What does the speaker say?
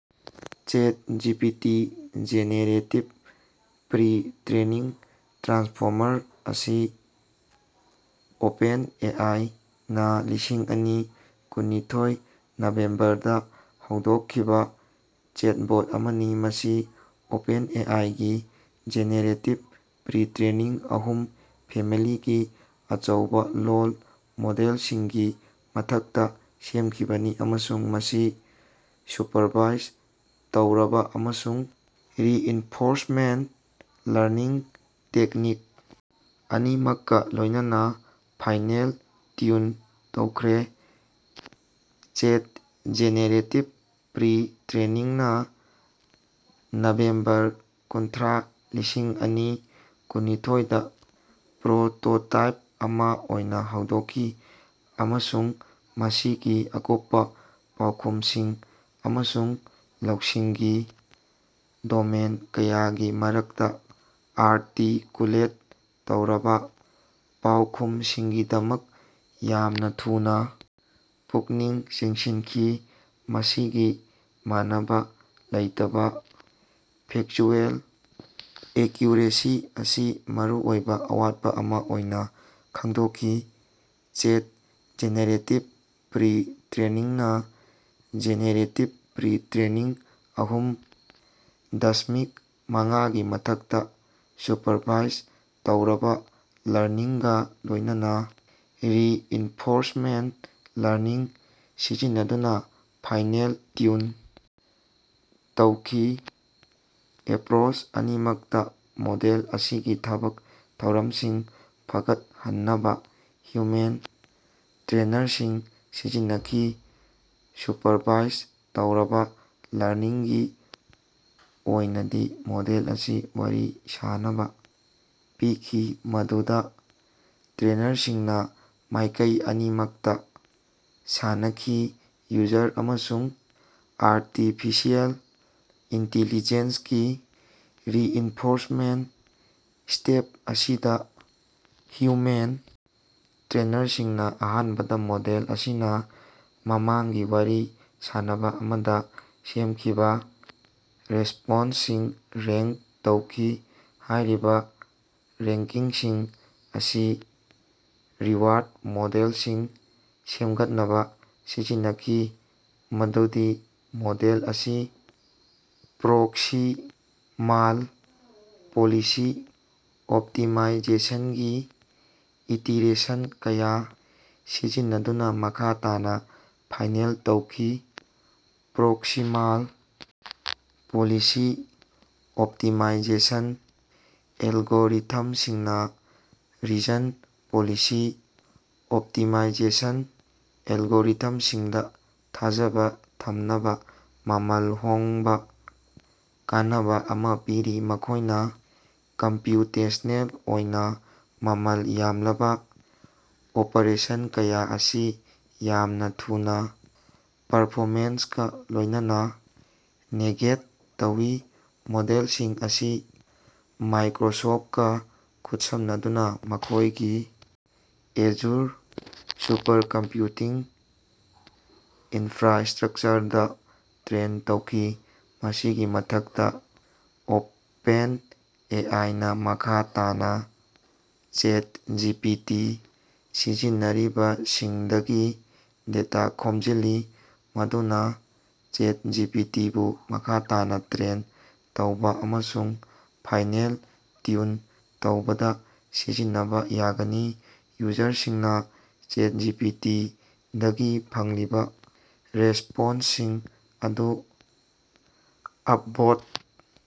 ChatGPT generative pre-training transformer ꯑꯁꯤ ꯑꯣꯄꯦꯟꯑꯦꯑꯥꯏꯅꯥ ꯂꯤꯁꯤꯡ ꯑꯅꯤ ꯀꯨꯟꯅꯤꯊꯣꯏ ꯅꯕꯦꯝꯕꯔꯗꯥ ꯍꯧꯗꯣꯛꯈꯤꯕꯥ ꯆꯦꯠꯕꯣꯠ ꯑꯃꯅꯤ꯫ ꯃꯁꯤ ꯑꯣꯄꯦꯟꯑꯦꯑꯥꯏꯒꯤ ꯖꯦꯅꯦꯔꯦꯇꯤꯕ ꯄ꯭ꯔꯤ ꯇ꯭ꯔꯦꯅꯤꯡ ꯑꯍꯨꯝ ꯐꯦꯃꯤꯂꯤꯒꯤ ꯑꯆꯧꯕꯥ ꯂꯣꯜ ꯃꯣꯗꯦꯜꯁꯤꯡꯒꯤ ꯃꯊꯛꯇꯥ ꯁꯦꯝꯈꯤꯕꯅꯤ ꯑꯃꯁꯨꯡ ꯃꯁꯤ ꯁꯨꯄꯔꯚꯥꯏꯖ ꯇꯧꯔꯕꯥ ꯑꯃꯁꯨꯡ ꯔꯤꯏꯟꯐꯣꯔꯁꯃꯦꯟꯠ ꯂꯔꯅꯤꯡ ꯇꯦꯛꯅꯤꯛ ꯑꯅꯤꯃꯛꯀꯥ ꯂꯣꯏꯅꯅꯥ ꯐꯥꯏꯅꯦꯜ ꯇ꯭ꯌꯨꯟ ꯇꯧꯈ꯭ꯔꯦ꯫ ꯆꯦꯠ ꯖꯦꯅꯦꯔꯦꯇꯤꯕ ꯄ꯭ꯔꯤ ꯇ꯭ꯔꯦꯅꯤꯡ ꯅꯥ ꯅꯕꯦꯝꯕꯔ ꯀꯨꯟꯊ꯭ꯔꯥ ꯂꯤꯁꯤꯡ ꯑꯅꯤ ꯀꯨꯟꯅꯤꯊꯣꯏꯗ ꯄ꯭ꯔꯣꯇꯣꯇꯥꯏꯄ ꯑꯃꯥ ꯑꯣꯏꯅꯥ ꯍꯧꯗꯣꯛꯈꯤ ꯑꯃꯁꯨꯡ ꯃꯁꯤꯒꯤ ꯑꯀꯨꯞꯄꯥ ꯄꯥꯎꯈꯨꯝꯁꯤꯡ ꯑꯃꯁꯨꯡ ꯂꯧꯁꯤꯡꯒꯤ ꯗꯣꯃꯦꯟ ꯀꯌꯥꯒꯤ ꯃꯔꯛꯇꯥ ꯑꯥꯔꯇꯤꯀꯨꯂꯦꯠ ꯇꯧꯔꯕꯥ ꯄꯥꯎꯈꯨꯝꯁꯤꯡꯒꯤꯗꯃꯛ ꯌꯥꯝꯅꯥ ꯊꯨꯅꯥ ꯄꯨꯛꯅꯤꯡ ꯆꯤꯡꯁꯤꯟꯈꯤ꯫ ꯃꯁꯤꯒꯤ ꯃꯥꯟꯅꯕꯥ ꯂꯩꯇꯕꯥ ꯐꯦꯛꯆꯨꯑꯦꯜ ꯑꯦꯀ꯭ꯌꯨꯔꯦꯁꯤ ꯑꯁꯤ ꯃꯔꯨꯑꯣꯏꯕ ꯑꯋꯥꯠꯄ ꯑꯃꯥ ꯑꯣꯏꯅꯥ ꯈꯪꯗꯣꯛꯈꯤ꯫ ꯆꯦꯠ ꯖꯦꯅꯦꯔꯦꯇꯤꯕ ꯄ꯭ꯔꯤ ꯇ꯭ꯔꯦꯅꯤꯡꯅ ꯖꯦꯅꯦꯔꯦꯇꯤꯕ ꯄ꯭ꯔꯤ ꯇ꯭ꯔꯦꯅꯤꯡ ꯑꯍꯨꯝ ꯗꯁꯃꯤꯛ ꯃꯉꯥꯒꯤ ꯃꯊꯛꯇꯥ ꯁꯨꯄꯔꯚꯥꯏꯖ ꯇꯧꯔꯕꯥ ꯂꯔꯅꯤꯡꯒꯥ ꯂꯣꯏꯅꯅꯥ ꯔꯤꯏꯟꯐꯣꯔꯁꯃꯦꯟꯠ ꯂꯔꯅꯤꯡ ꯁꯤꯖꯤꯟꯅꯗꯨꯅꯥ ꯐꯥꯏꯅꯦꯜ ꯇ꯭ꯌꯨꯟ ꯇꯧꯈꯤ꯫ ꯑꯦꯄ꯭ꯔꯣꯆ ꯑꯅꯤꯃꯛꯇꯥ ꯃꯣꯗꯦꯜ ꯑꯁꯤꯒꯤ ꯊꯕꯛ ꯊꯧꯔꯝꯁꯤꯡ ꯐꯒꯠꯍꯟꯅꯕꯥ ꯍ꯭ꯌꯨꯃꯦꯟ ꯇ꯭ꯔꯦꯅꯔꯁꯤꯡ ꯁꯤꯖꯤꯟꯅꯈꯤ꯫ ꯁꯨꯄꯔꯚꯥꯏꯖ ꯇꯧꯔꯕꯥ ꯂꯔꯅꯤꯡꯒꯤ ꯑꯣꯏꯅꯗꯤ ꯃꯣꯗꯦꯜ ꯑꯁꯤ ꯋꯥꯔꯤ ꯁꯥꯅꯕꯥ ꯄꯤꯈꯤ ꯃꯗꯨꯗꯥ ꯇ꯭ꯔꯦꯅꯔꯁꯤꯡꯅꯥ ꯃꯥꯏꯀꯩ ꯑꯅꯤꯃꯛꯇꯥ ꯁꯥꯟꯅꯈꯤ ꯌꯨꯖꯔ ꯑꯃꯁꯨꯡ ꯑꯥꯔꯇꯤꯐꯤꯁꯤꯑꯦꯜ ꯏꯟꯇꯤꯂꯤꯖꯦꯟꯁꯀꯤ ꯔꯤꯏꯟꯐꯣꯔꯁꯃꯦꯟꯠ ꯁ꯭ꯇꯦꯞ ꯑꯁꯤꯗꯥ ꯍ꯭ꯌꯨꯃꯦꯟ ꯇ꯭ꯔꯦꯅꯔꯁꯤꯡꯅꯥ ꯑꯍꯥꯟꯕꯗꯥ ꯃꯣꯗꯦꯜ ꯑꯁꯤꯅꯥ ꯃꯃꯥꯡꯒꯤ ꯋꯥꯔꯤ ꯁꯥꯅꯕꯥ ꯑꯃꯗꯥ ꯁꯦꯝꯈꯤꯕꯥ ꯔꯦꯁꯄꯣꯟꯁꯁꯤꯡ ꯔꯦꯡꯛ ꯇꯧꯈꯤ꯫ ꯍꯥꯏꯔꯤꯕꯥ ꯔꯦꯡꯀꯤꯡꯁꯤꯡ ꯑꯁꯤ ꯔꯤꯋꯥꯔꯗ ꯃꯣꯗꯦꯜꯁꯤꯡ ꯁꯦꯝꯒꯠꯅꯕꯥ ꯁꯤꯖꯤꯟꯅꯈꯤ ꯃꯗꯨꯗꯤ ꯃꯣꯗꯦꯜ ꯑꯁꯤ ꯄ꯭ꯔꯣꯛꯁꯤꯃꯥꯜ ꯄꯣꯂꯤꯁꯤ ꯑꯣꯞꯇꯤꯃꯥꯏꯖꯦꯁꯟꯒꯤ ꯏꯇꯤꯔꯦꯁꯟ ꯀꯌꯥ ꯁꯤꯖꯤꯟꯅꯗꯨꯅꯥ ꯃꯈꯥ ꯇꯥꯅꯥ ꯐꯥꯏꯅꯦꯜ ꯇꯧꯈꯤ꯫ ꯄ꯭ꯔꯣꯛꯁꯤꯃꯥꯜ ꯄꯣꯂꯤꯁꯤ ꯑꯣꯞꯇꯤꯃꯥꯏꯖꯦꯁꯟ ꯑꯦꯜꯒꯣꯔꯤꯊꯝꯁꯤꯡꯅꯥ ꯔꯤꯖꯟ ꯄꯣꯂꯤꯁꯤ ꯑꯣꯞꯇꯤꯃꯥꯏꯖꯦꯁꯟ ꯑꯦꯜꯒꯣꯔꯤꯊꯝꯁꯤꯡꯗꯥ ꯊꯥꯖꯕꯥ ꯊꯝꯅꯕꯥ ꯃꯃꯜ ꯍꯣꯡꯕꯥ ꯀꯥꯟꯅꯕꯥ ꯑꯃꯥ ꯄꯤꯔꯤ ꯃꯈꯣꯏꯅꯥ ꯀꯝꯄ꯭ꯌꯨꯇꯦꯁꯅꯦꯜ ꯑꯣꯏꯅꯥ ꯃꯃꯜ ꯌꯥꯝꯂꯕꯥ ꯑꯣꯄꯔꯦꯁꯟ ꯀꯌꯥ ꯑꯁꯤ ꯌꯥꯝꯅꯥ ꯊꯨꯅꯥ ꯄꯔꯐꯣꯃꯦꯟꯁꯀꯥ ꯂꯣꯏꯅꯅꯥ ꯅꯦꯒꯦꯠ ꯇꯧꯏ꯫ ꯃꯣꯗꯦꯜꯁꯤꯡ ꯑꯁꯤ ꯃꯥꯏꯀ꯭ꯔꯣꯁꯣꯐꯀꯥ ꯈꯨꯠꯁꯝꯅꯗꯨꯅꯥ ꯃꯈꯣꯏꯒꯤ ꯑꯦꯖꯨꯔ ꯁꯨꯄꯔꯀꯝꯄ꯭ꯌꯨꯇꯤꯡ ꯏꯟꯐ꯭ꯔꯥꯟꯁꯇ꯭ꯔꯛꯆꯔꯗꯥ ꯇ꯭ꯔꯦꯟ ꯇꯧꯈꯤ꯫ ꯃꯁꯤꯒꯤ ꯃꯊꯛꯇꯥ ꯑꯣꯄꯦꯟꯑꯦ ꯑꯥꯏꯅꯥ ꯃꯈꯥ ꯇꯥꯅꯥ ꯆꯦꯠꯖꯤꯄꯤꯇꯤ ꯁꯤꯖꯤꯟꯅꯔꯤꯕꯁꯤꯡꯗꯒꯤ ꯗꯦꯇꯥ ꯈꯣꯝꯖꯤꯜꯂꯤ ꯃꯗꯨꯅꯥ ꯆꯦꯠꯖꯤꯄꯤꯇꯤꯕꯨ ꯃꯈꯥ ꯇꯥꯅꯥ ꯇ꯭ꯔꯦꯟ ꯇꯧꯕꯥ ꯑꯃꯁꯨꯡ ꯐꯥꯏꯅꯦꯜ ꯇ꯭ꯌꯨꯟ ꯇꯧꯕꯗꯥ ꯁꯤꯖꯤꯟꯅꯕꯥ ꯌꯥꯒꯅꯤ꯫ ꯌꯨꯖꯔꯁꯤꯡꯅꯥ ꯆꯦꯠꯖꯤꯄꯤꯇꯤꯗꯒꯤ ꯐꯪꯂꯤꯕꯥ ꯔꯦꯁꯄꯣꯟꯁꯁꯤꯡ ꯑꯗꯨ ꯑꯞꯚꯣꯠ